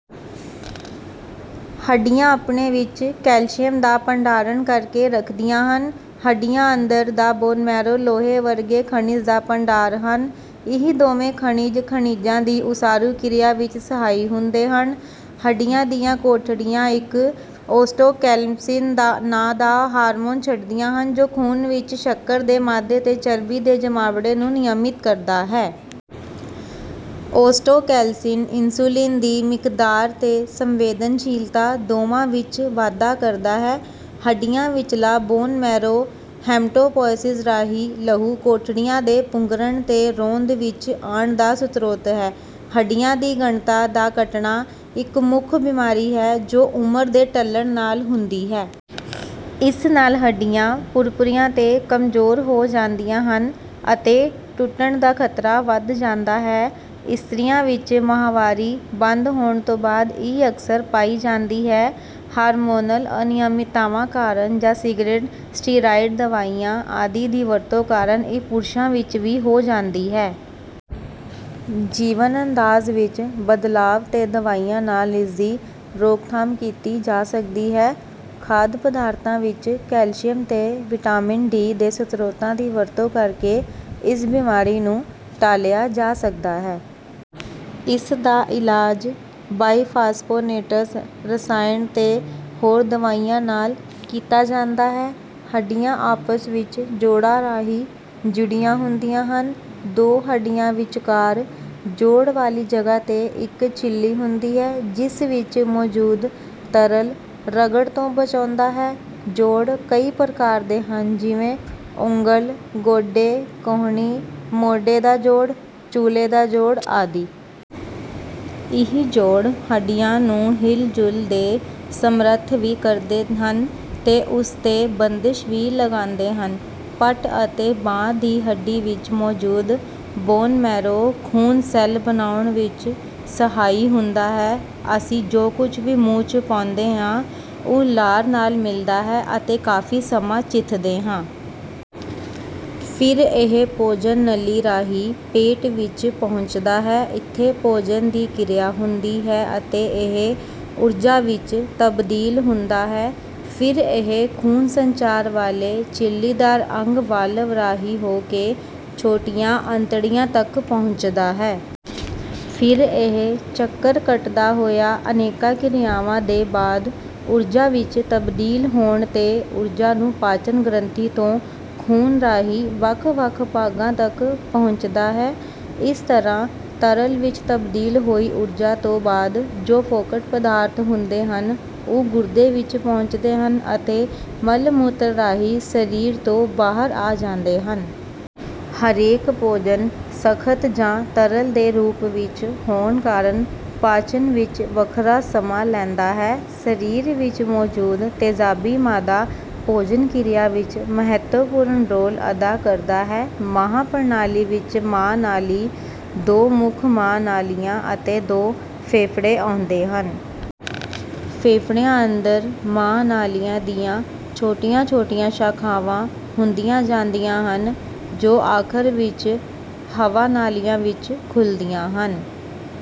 ਹੱਡੀਆਂ ਆਪਣੇ ਵਿੱਚ ਕੈਲਸ਼ੀਅਮ ਦਾ ਭੰਡਾਰਣ ਕਰਕੇ ਰੱਖਦੀਆਂ ਹਨ ਹੱਡੀਆ ਅੰਦਰ ਦਾ ਬੋਨਮੈਰੋ ਲੋਹੇ ਵਰਗੇ ਖਣਿਜ ਦਾ ਭੰਡਾਰ ਹਨ। ਇਹ ਦੋਵੇਂ ਖਣਿਜ ,ਖਣਿਜਾਂ ਦੀ ਉਸਾਰੂ ਕਿਰਿਆ ਵਿੱਚ ਸਹਾਈ ਹੁੰਦੇ ਹਨ। ਹੱਡੀਆ ਦੀਆ ਕੋਠੜੀਆਂ ਇੱਕ ਔਸਟੋਕੈਲਸਿਨ ਨਾਂ ਦਾ ਹਾਰਮੋਨ ਛੱਡਦੀਆਂ ਹਨ ਜੋ ਖੂਨ ਵਿੱਚ ਸ਼ੱਕਰ ਦੇ ਮਾਦੇ ਤੇ ਚਰਬੀ ਦੇ ਜਮਾਵੜੇ ਨੂੰ ਨਿਯਮਿਤ ਕਰਦਾ ਹੈ। ਔਸਟੋਕੈਲਸਿਨ ਇੰਸੂਲਿਨ ਦੀ ਮਿਕਦਾਰ ਤੇ ਸੰਵੇਦਨਸ਼ੀਲਤਾ ਦੋਵਾਂ ਵਿੱਚ ਵਾਧਾ ਕਰਦਾ ਹੈ। ਹੱਡੀਆਂ ਵਿਚਲਾ ਬੋਨਮੈਰੋ ਹੈਮਟੋਪੋਇਸਿਸ ਰਾਹੀਂ ਲਹੂ ਕੋਠੜੀਆਂ ਦੇ ਪੁੰਗਰਣ ਤੇ ਹੌਂਦ ਵਿੱਚ ਆਣ ਦਾ ਸ੍ਰੋਤ ਹੈ। ਹੱਡੀਆਂ ਦੀ ਘਣਤਾ ਦਾ ਘਟਣਾ ਇੱਕ ਮੁਖ ਬਿਮਾਰੀ ਹੈ ਜੋ ਉਮਰ ਦੇ ਢਲਣ ਨਾਲ ਹੁੰਦੀ ਹੈ। ਇਸ ਨਾਲ ਹੱਡੀਆਂ ਭੁਰਭੁਰੀਆਂ ਤੇ ਕਮਜੋਰ ਹੋ ਜਾਂਦੀਆਂ ਹਨ ਅਤੇ ਟੁੱਟਣ ਦਾ ਖ਼ਤਰਾ ਵੱਧ ਜਾਂਦਾ ਹੈ। ਇਸਤਰੀਆਂ ਵਿੱਚ ਮਾਹਵਾਰੀ ਬੰਦ ਹੋਣ ਤੌਂ ਬਾਦ ਇਹ ਅਕਸਰ ਪਾਈ ਜਾਂਦੀ ਹੈ। ਹਾਰਮੋਨਲ ਅਨਿਯਮਿਤਾਵਾਂ ਕਾਰਨ ਜਾਂ ਸਿਗਰਟ, ਸਟੀਰਾਇਡ ਦਵਾਈਆਂ ਆਦਿ ਦੀ ਵਰਤੋਂ ਕਾਰਨ ਇਹ ਪੁਰਸ਼ਾਂ ਵਿੱਚ ਵੀ ਹੋ ਜਾਂਦੀ ਹੈ। ਜੀਵਨ ਅੰਦਾਜ਼ ਵਿੱਚ ਬਦਲਾਅ ਤੇ ਦਵਾਈਆਂ ਨਾਲ ਇਸ ਦੀ ਰੋਕਥਾਮ ਕੀਤੀ ਜਾ ਸਕਦੀ ਹੈ। ਖਾਧ ਪਦਾਰਥਾਂ ਵਿੱਚ ਕੈਲਸ਼ੀਅਮ ਤੇ ਵਿਟਾਮਿਨ ਡੀ ਦੇ ਸ੍ਰੋਤਾਂ ਦੀ ਵਰਤੋਂ ਕਰਕੇ ਇਸ ਬਿਮਾਰੀ ਨੂੰ ਟਾਲਿਆ ਜਾ ਸਕਦਾ ਹੈ। ਇਸ ਦਾ ਇਲਾਜ ਬਾਈਫਾਸਫੋਨੇਟਸ ਰਸਾਇਣ ਤੇ ਹੋਰ ਦਵਾਈਆਂ ਨਾਲ ਕੀਤਾ ਜਾਂਦਾ ਹੈ। ਹੱਡੀਆਂ ਆਪਸ ਵਿੱਚ ਜੋੜਾਂ ਰਾਹੀਂ ਜੁੜੀਆਂ ਹੁੰਦੀਆ ਹਨ। ਦੋ ਹੱਡੀਆਂ ਵਿਚਕਾਰ ਜੋੜ ਵਾਲੀ ਜਗਾਹ 'ਤੇ ਇੱਕ ਝਿੱਲੀ ਹੁੰਦੀ ਹੈ ਜਿਸ ਵਿੱਚ ਮੌਜ਼ੂਦ ਤਰਲ ਰਗੜ ਤੋਂ ਬਚਾਉਂਦਾ ਹੈ ਜੋੜ ਕਈ ਪ੍ਰਕਾਰ ਦੇ ਹਨ ਜਿਵੇਂ ਉਂਗਲ, ਗੋਡੇ, ਕੂਹਣੀ, ਮੋਢੇ ਦਾ ਜੋੜ, ਚੂਲੇ ਦਾ ਜੋੜ ਆਦਿ। ਇਹ ਜੋੜ ਹੱਡੀਆਂ ਨੂੰ ਹਿਲਜੁਲ ਦੇ ਸਮਰੱਥ ਵੀ ਕਰਦੇ ਹਨ ਤੇ ਉਸ ਤੇ ਬੰਦਸ਼ ਵੀ ਲਗਾਂਦੇ ਹਨ। ਪੱਟ ਅਤੇ ਬਾਂਹ ਦੀ ਹੱਡੀ ਵਿੱਚ ਮੌਜੂਦ ਬੋਨ ਮੈਰੋ ਖੂਨ ਸੈੱਲ ਬਣਾਓੁਣ ਵਿੱਚ ਸਹਾਈ ਹੁੰਦਾ ਹੈ ਅਸੀਂ ਜੋ ਕੁਝ ਵੀ ਮੂੰਹ ਚ ਪਾਉਂਦੇ ਹਾਂ, ਉਹ ਲਾਰ ਨਾਲ ਮਿਲਦਾ ਹੈ ਅਤੇ ਕਾਫ਼ੀ ਸਮਾਂ ਚਿੱਥਦੇ ਹਾਂ। ਫਿਰ ਇਹ ਭੋਜਨ ਨਲੀ ਰਾਹੀਂ ਪੇਟ ਵਿੱਚ ਪਹੁੰਚਦਾ ਹੈ। ਇੱਥੇ ਭੋਜਨ ਦੀ ਕਿਰਿਆ ਹੁੰਦੀ ਹੈ ਅਤੇ ਇਹ ਊੁਰਜਾ ਵਿੱਚ ਤਬਦੀਲ ਹੁੰਦਾ ਹੈ। ਫਿਰ ਇਹ ਖੂਨ ਸੰਚਾਰ ਵਾਲੇ ਝਿੱਲੀਦਾਰ ਅੰਗ ਵਾਲਵ ਰਾਹੀਂ ਹੋ ਕੇ ਛੋਟੀਆਂ ਅੰਤੜੀਆਂ ਤਕ ਪਹੁੰਚਦਾ ਹੈ। ਫਿਰ ਇਹ ਚੱਕਰ ਕੱਟਦਾ ਹੋਇਆ ਅਨੇਕਾਂ ਕਿਰਿਆਵਾਂ ਦੇ ਬਾਅਦ ਊਰਜਾ ਵਿੱਚ ਤਬਦੀਲ ਹੋਣ ਤੇ ਉੂਰਜਾ ਨੂੰ ਪਾਚਨ ਗ੍ਰੰਥੀ ਤੋਂ ਖੂਨ ਰਾਹੀਂ ਵੱਖ-ਵੱਖ ਭਾਗਾਂ ਤਕ ਪਹੁੰਚਦਾ ਹੈ। ਇਸ ਤਰ੍ਹਾਂ ਤਰਲ ਵਿੱਚ ਤਬਦੀਲ ਹੋਈ ਊਰਜਾ ਤੋਂ ਬਾਅਦ ਜੋ ਫੋਕਟ ਪਦਾਰਥ ਹੁੰਦੇ ਹਨ, ਉਹ ਗੁਰਦੇ ਵਿੱਚ ਪਹੁੰਚਦੇ ਹਨ ਅਤੇ ਮਲ-ਮੂਤਰ ਰਾਹੀਂ ਸਰੀਰ ਤੋਂ ਬਾਹਰ ਆ ਜਾਂਦੇ ਹਨ। ਹਰੇਕ ਭੋਜਨ ਸਖ਼ਤ ਜਾਂ ਤਰਲ ਦੇ ਰੂਪ ਵਿੱਚ ਹੋਣ ਕਾਰਨ ਪਾਚਨ ਵਿੱਚ ਵੱਖਰਾ ਸਮਾਂ ਲੈਂਦਾ ਹੈ। ਸਰੀਰ ਵਿੱਚ ਮੌਜੂਦ ਤੇਜ਼ਾਬੀ ਮਾਦਾ ਭੋਜਨ ਕਿਰਿਆ ਵਿੱਚ ਮਹੱਤਵਪੂਰਨ ਰੋਲ ਅਦਾ ਕਰਦਾ ਹੈ ਸਾਹ-ਪ੍ਰਣਾਲੀ ਵਿੱਚ ਸਾਹ-ਨਾਲੀ, ਦੋ ਮੁੱਖ ਸਾਹ-ਨਾਲੀਆਂ ਅਤੇ ਦੋ ਫੇਫੜੇ ਆਉਂਦੇ ਹਨ। ਫੇਫੜਿਆਂ ਅੰਦਰ ਸਾਹ-ਨਾਲੀਆਂ ਦੀਆਂ ਛੋਟੀਆਂ-ਛੋਟੀਆਂ ਸ਼ਾਖ਼ਾਵਾਂ ਹੁੰਦੀਆਂ ਜਾਂਦੀਆਂ ਹਨ ਜੋ ਆਖ਼ਰ ਵਿੱਚ ਹਵਾ ਨਾਲੀਆਂ ਵਿੱਚ ਖੁੱਲ੍ਹਦੀਆਂ ਹਨ।